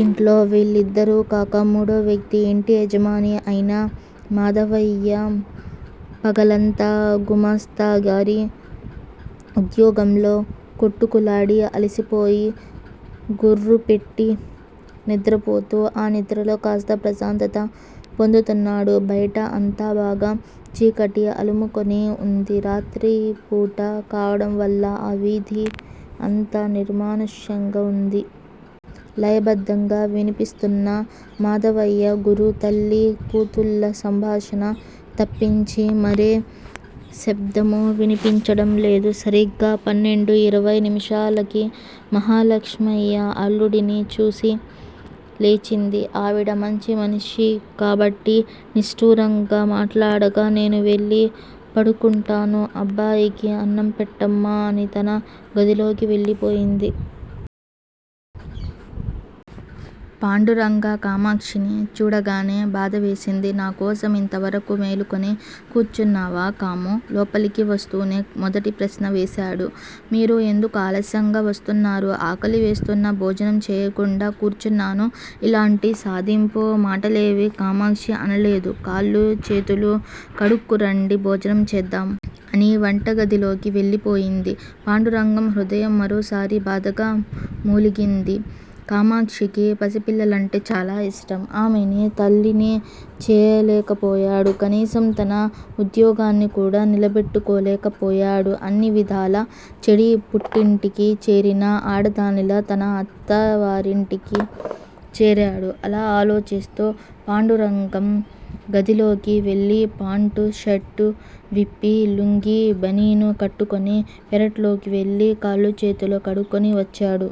ఇంట్లో వీళ్ళిద్దరూ కాక, మూడో వ్యక్తి, ఇంటి యజమాని అయిన మాధవయ్య పగలంతా గుమాస్తాగిరీ వుద్యోగంలో కొట్టుకులాడి, అలసిపోయి గుర్రుపెట్టి నిద్రపోతూ ఆ నిద్రలో కాస్త ప్రశాంతత పొందుతున్నాడు. బయట అంతా బాగా చీకటి అలుముకొని వుంది. రాత్రిపూట కావడంవల్ల ఆ వీధి అంతా నిర్మానుష్యంగా వుంది. లయబద్ధంగా వినిపిస్తున్న మాధవయ్య గురు తల్లీ కూతుళ్ళ సంభాషణ తప్పించి, మరే శబ్దమూ వినిపించడంలేదు. సరిగ్గా పన్నెండూ ఇరవై నిముషాలకి. మహాలక్ష్మమ్మ అల్లుడిని చూసి లేచింది. ఆవిడ మంచి మనిషి కాబట్టి. నిష్టూరంగా మాట్లాడక, నేను వెళ్ళి పడుకుంటాను. అబ్బాయికి అన్నం పెట్టమ్మా! అని తన గదిలోకి వెళ్ళిపోయింది. పాండురంగ కామాక్షిని చూడగానే బాధవేసింది. నా కోసం ఇంతవరకూ మేలుకుని కూర్చున్నావా కామూ! లోపలికి వస్తూనే మొదటి ప్రశ్న వేశాడు. మీరు ఎందుకు ఆలస్యంగా వస్తున్నారు? ఆకలి వేస్తున్నా భోజనం చెయ్యకుండా కూర్చున్నాను. ఇలాంటి సాధింపు మాటలేవీ కామాక్షి అనలేదు. కాళ్ళూ చేతులూ కడుక్కురండి! భోజనం చేద్దాం! అని వంటగదిలోకి వెళ్ళిపోయింది. పాండురంగం హృదయం మరోసారి బాధగా మూలిగింది. కామాక్షికి పసిపిల్లలంటే చాలా యిష్టం. ఆమెని తల్లిని చేయలేకపోయాడు. కనీసం తన వుద్యోగాన్ని కూడా నిలబెట్టుకోలేకపోయాడు. అన్ని విధాలా చెడి పుట్టింటికి చేరిన ఆడదానిలా తను అత్తవారింటికి చేరాడు! అలా ఆలోచిస్తూ పాండురంగం గదిలోకి వెళ్ళి పాంటూ, షర్టూ విప్పి, లుంగీ బనీను కట్టుకుని పెరట్లోకి వెళ్ళి కాళ్ళూ చేతులూ కడుక్కుని వచ్చాడు.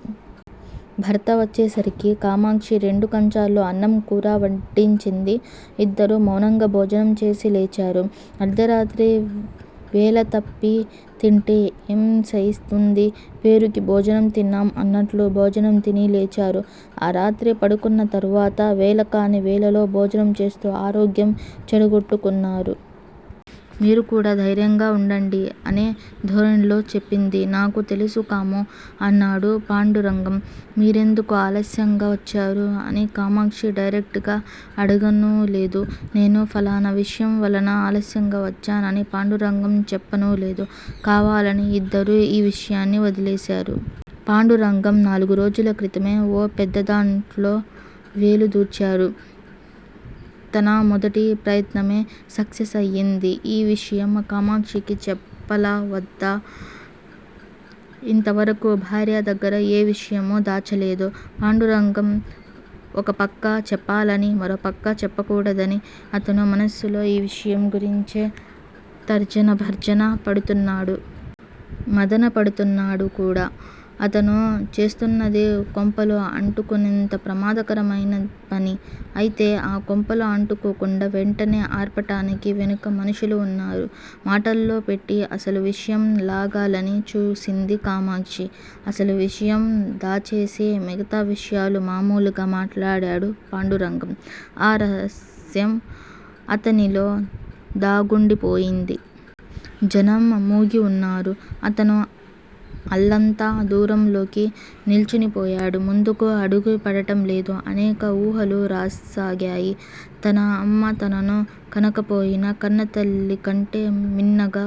భర్త వచ్చేసరికి కామాక్షి రెండు కంచాల్లో అన్నం కూరా వడ్డించింది. ఇద్దరూ మౌనంగా భోజనం చేసి లేచారు. అర్దరాత్రి, వేళతప్పీ తింటే ఏం సయిస్తుంది? పేరుకి భోజనం తిన్నాం అన్నట్లు భోజనం తిని లేచారు. ఆ రాత్రి పడుకున్న తరువాత. వేళకాని వేళలో భోజనం చేస్తూ ఆరోగ్యం చెడగొట్టుకుంటున్నారు! మీరు కూడా ధైర్యంగా వుండండి అనే ధోరణిలో చెప్పింది. నాకు తెలుసు కామూ! అన్నాడు పాండురంగం. మీరెందుకు ఆలస్యంగా వచ్చారు? అని కామాక్షి డైరెక్ట్ గా అడగనూ లేదు. నేను ఫలానా విషయం వలన ఆలస్యంగా వచ్చానని పాండురంగం చెప్పనూ లేదు. కావాలనే ఇద్దరూ ఇ విషయాన్ని వదిలేశారు. పాండురంగం నాలుగురోజుల క్రితమే. ఓ పెద్దదాంట్లో వేలు దూర్చాడు. తన మొదటి ప్రయత్నమే సక్సెస్ అయ్యింది. ఈ విషయం కామాక్షికి చెప్పాలా వద్దా? ఇంతవరకూ భార్య దగ్గర ఏ విషయమూ దాచలేదు పాండురంగం. ఒకపక్క చెప్పాలని. మరోపక్క చెప్పకూడదని. అతను మనస్సులో ఈ విషయం గురించే తర్జన భర్జన పడుతున్నాడు. మధనపడుతున్నాడు కూడా. అతను చేస్తున్నదీ, కొంపలు అంటుకునేంత ప్రమాదకరమయిన పని. అయితే, ఆ కొంపలు అంటుకోకుండా వెంటనే ఆర్పటానికి వెనుక మనుషులు వున్నారు. మాటల్లోపెట్టి అసలు విషయం లాగాలని చూసింది కామాక్షి. అసలు విషయం దాచేసి మిగతా విషయాలు మామూలుగా మాట్లాడాడు పాండురంగం. ఆ రహస్యం అతనిలో దాగుండిపోయింది. జనం మూగివున్నారు. అతను అల్లంత దూరంలో నిల్చుని పోయాడు ముందుకు అడుగు పడటంలేదు. అనేక ఊహలు రాసాగాయి. తన అమ్మ తనను కనకపోయినా కన్నతల్లి కంటే మిన్నగా